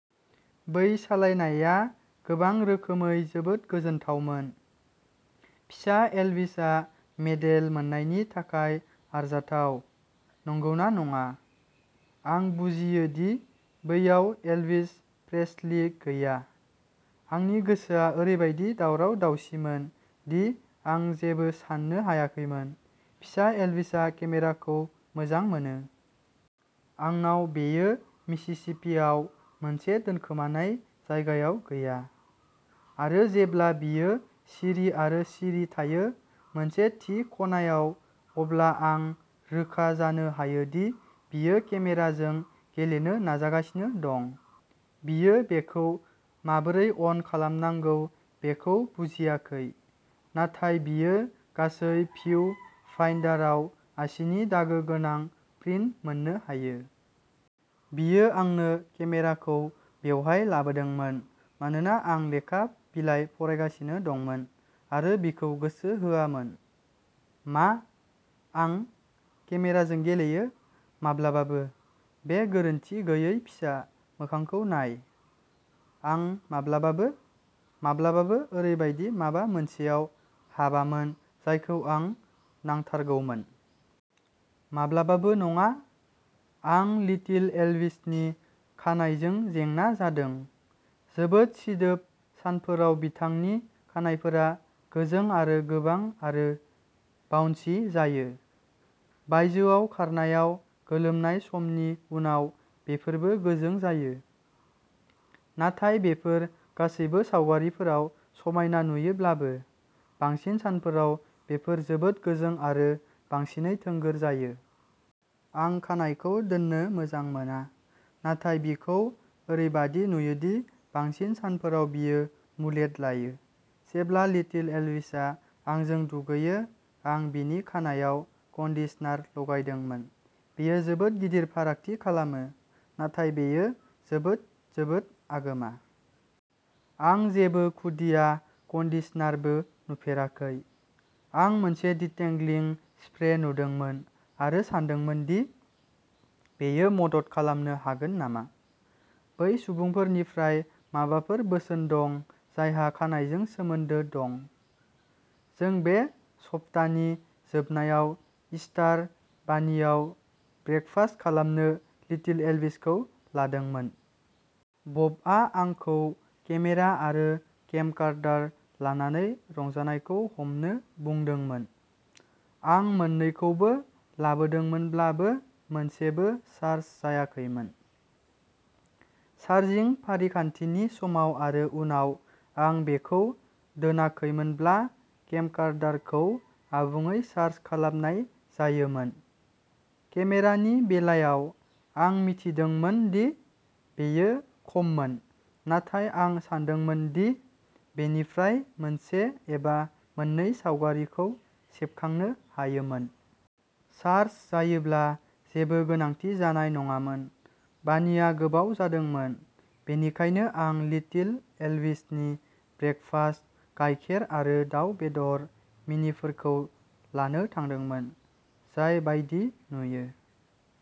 बै सालायनायआ गोबां रोखोमै जोबोद गोजोनथावमोन। फिसा एल्विसआ मेडेल मोन्नायनि थाखाय आरजाथाव, नंगौना नङा? आं बुजियो दि बैयाव एल्विस प्रेस्लि गैया। आंनि गोसोआ ओरैबादि दावराव-दावसिमोन दि आं जेबो साननो हायाखैमोन। फिसा एल्विसआ केमेराखौ मोजां मोनो। आंनाव बेयो मिसिसिपीआव मोनसे दोनखोमानाय जायगायाव गैया, आरो जेब्ला बियो सिरि आरो सिरि थायो। मोनसे थि खनायाव, अब्ला आं रोखा जानो हायो दि बियो केमेराजों गेलेनो नाजागासिनो दं। बियो बेखौ माबोरै अन खालामनांगौ बेखौ बुजियाखै, नाथाय बियो गासै भिउ-फाइन्डारआव आसिनि दागो गोनां प्रिन्ट मोननो हायो। बियो आंनो केमेराखौ बेवहाय लाबोदोंमोन मानोना आं लेखा बिलाइ फरायगासिनो दंमोन आरो बिखौ गोसो होआमोन। "मा? आं? केमेराजों गेलेयो? माब्लाबाबो!! बे गोरोनथि गैयै फिसा मोखांखौ नाय! आं माब्लाबाबो, माब्लाबाबो ओरैबायदि माबा मोनसेयाव हाबामोन जायखौ आं नांथारगौमोन। माब्लाबाबो नङा! " आं लिटिल एल्विसनि खानाइजों जेंना जादों। जोबोद सिदोब सानफोराव बिथांनि खानाइफोरा गोजों आरो गोबां आरो बाउन्सि जायो। बायजोआव खारनायाव गोलोमनाय समनि उनाव बेफोरबो गोजों जायो। नाथाय बेफोर गासैबो सावगारिफोराव समायना नुयोब्लाबो, बांसिन सानफोराव बेफोर जोबोद गोजों आरो बांसिनै थोंगोर जायो। आं खानाइखौ दाननो मोजां मोना, नाथाय बिखौ ओरैबादि नुयो दि बांसिन सानफोराव बियो मुलेट लायो। जेब्ला लिटिल एल्विसआ आंजों दुगैयो, आं बिनि खानाइआव कन्डिशनार लागायदोंमोन। बेयो जोबोद गिदिर फारागथि खालामो, नाथाय बेयो जोबोद, जोबोद आगोमा। आं जेबो खुदिया कन्डिशनारबो नुफेराखै। आं मोनसे डिटेंगलिं स्प्रे नुदोंमोन आरो सानदोंमोन दि बेयो मदद खालामनो हागोन नामा। बै सुबुंफोरनिफ्राय माबाफोर बोसोन दं जायहा खानाइजों सोमोन्दो दं? जों बे सप्तानि जोबनायाव इस्टार बानियाव ब्रेकफास्ट खालामनो लिटिल एल्विसखौ लादोंमोन। बबआ आंखौ केमेरा आरो केमकार्डार लानानै रंजानायखौ हमनो बुंदोंमोन। आं मोन्नैखौबो लाबोदोंमोनब्लाबो, मोनसेबो चार्ज जायाखैमोन। चार्जिं फारिखान्थिनि समाव आरो उनाव आं बेखौ दोनाखैमोनब्ला केमकार्डारखौ आबुङै चार्ज खालामनाय जायोमोन। केमेरानि बेलायाव, आं मिथिदोंमोन दि बेयो खममोन, नाथाय आं सानदोंमोन दि बेनिफ्राय मोनसे एबा मोननै सावगारिखौ सेबखांनो हायोमोन। चार्ज जायोब्ला जेबो गोनांथि जानाय नङामोन। बानिया गोबाव जादोंमोन, बेनिखायनो आं लिटिल एल्विसनि ब्रेकफास्ट-- गायखेर आरो दाव बेदर मिनिफोरखौ लानो थांदोंमोन, जाय बायदि नुयो।